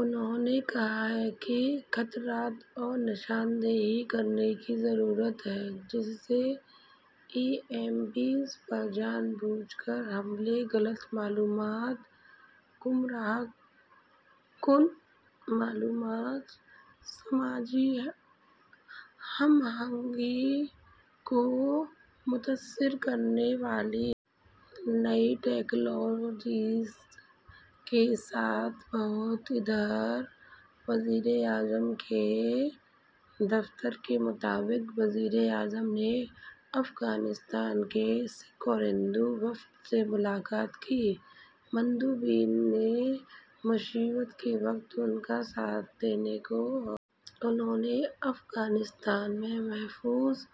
انہوں نے کہا کہ خطرات کی نشاندہی کرنے کی ضرورت ہے جس میں ای ایم بیز پر جان بوجھ کر حملے غلط معلومات گمراہ کن معلومات سماجی ہم آہنگی کو متاثر کرنے والی نئی ٹیکنالوجیز کے ساتھ بہت ادھر وزیر اعظم کے دفتر کے مطابق وزیر اعظم نے افغانستان کے سکھ ہندو وفد سے ملاقات کی مندوبین نے مصیبت کے وقت ان کا ساتھ دینے اور انہیں افغانستان سے بحفاظت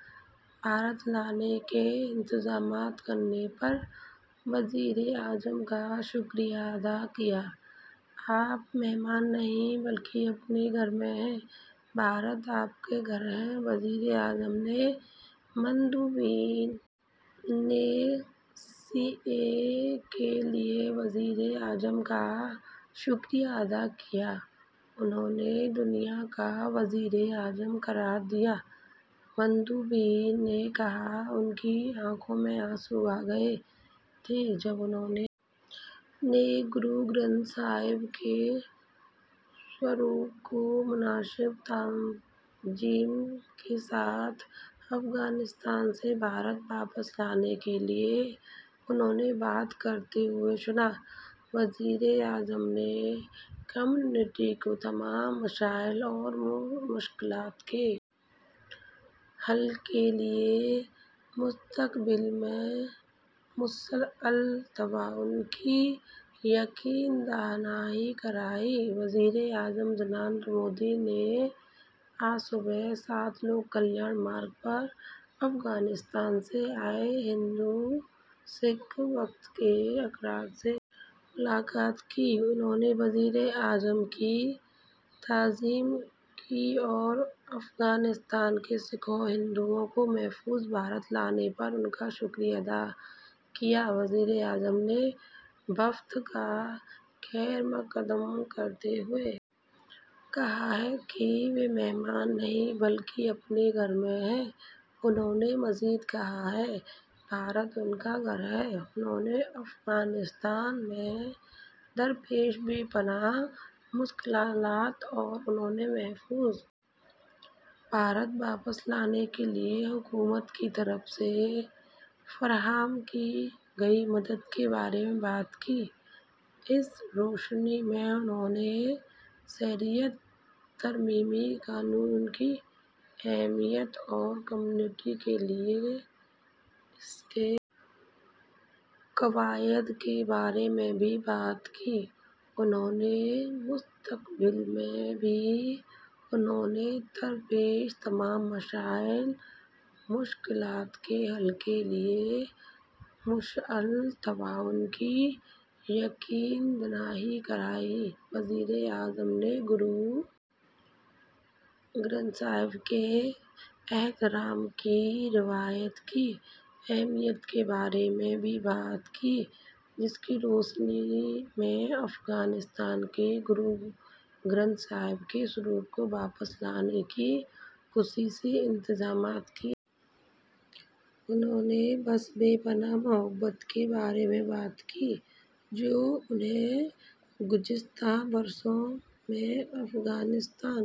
بھارت واپس لانے کے انتظامات کرنے پر وزیر اعظم کا شکریہ ادا کیا آپ مہمان نہیں بلکہ اپنے گھر میں ہیں بھارت آپ کا گھر ہے وزیر اعظم مندوبین نے سی اے اے کے لیے وزیر اعظم کا شکریہ ادا کیا انہیں دنیا کا وزیر اعظم قرار دیا مندوبین نے کہا کہ ان کی آنکھوں میں آنسو آ گئے تھے جب انہوں نے گرو گرنتھ صاحب کے سوروپ کو مناسب تعظیم کے ساتھ افغانستان سے بھارت واپس لانے کے لیے انہیں بات کرتے ہوئے سنا وزیر اعظم نے کمیونٹی کو تمام مسائل اور مشکلات کے حل کے لیے مستقبل میں مسلسل تعاون کی یقین دہانی کرائی وزیر اعظم جناب نریندر مودی نے آج صبح سات لوک کلیان مارگ پر افغانستان سے آئے سکھ ہندو وفد کے ارکان سے ملاقات کی انہوں نے وزیر اعظم کی تعظیم کی اور افغانستان سے سکھوں اور ہندوؤں کو بحفاظت بھارت لانے پر ان کا شکریہ ادا کیا وزیر اعظم نے وفد کا خیرمقدم کرتے ہوئے کہا کہ وہ مہمان نہیں ہیں بلکہ اپنے گھر میں ہیں انہوں نے مزید کہا کہ بھارت ان کا گھر ہے انہوں نے افغانستان میں انہیں درپیش بے پناہ مشکلات اور انہیں بحفاظت بھارت واپس لانے کے لیے حکومت کی طرف سے فراہم کردہ مدد کے بارے میں بات کی اس روشنی میں انہوں نے شہریت ترمیمی قانون کی اہمیت اور کمیونٹی کے لیے اس کے فوائد کے بارے میں بھی بات کی انہوں نے مستقبل میں بھی ان کو درپیش تمام مسائل اور مشکلات کے حل کے لیے مسلسل تعاون کی یقین دہانی کرائی وزیر اعظم نے گرو گرنتھ صاحب کے احترام کی روایت کی اہمیت کے بارے میں بھی بات کی جس کی روشنی میں افغانستان سے گرو گرنتھ صاحب کے سوروپ کو واپس لانے کے لیے خصوصی انتظامات کیے گئے تھے انہوں نے اس بے پناہ محبت کے بارے میں بات کی جو انہیں گزشتہ برسوں میں افغانستان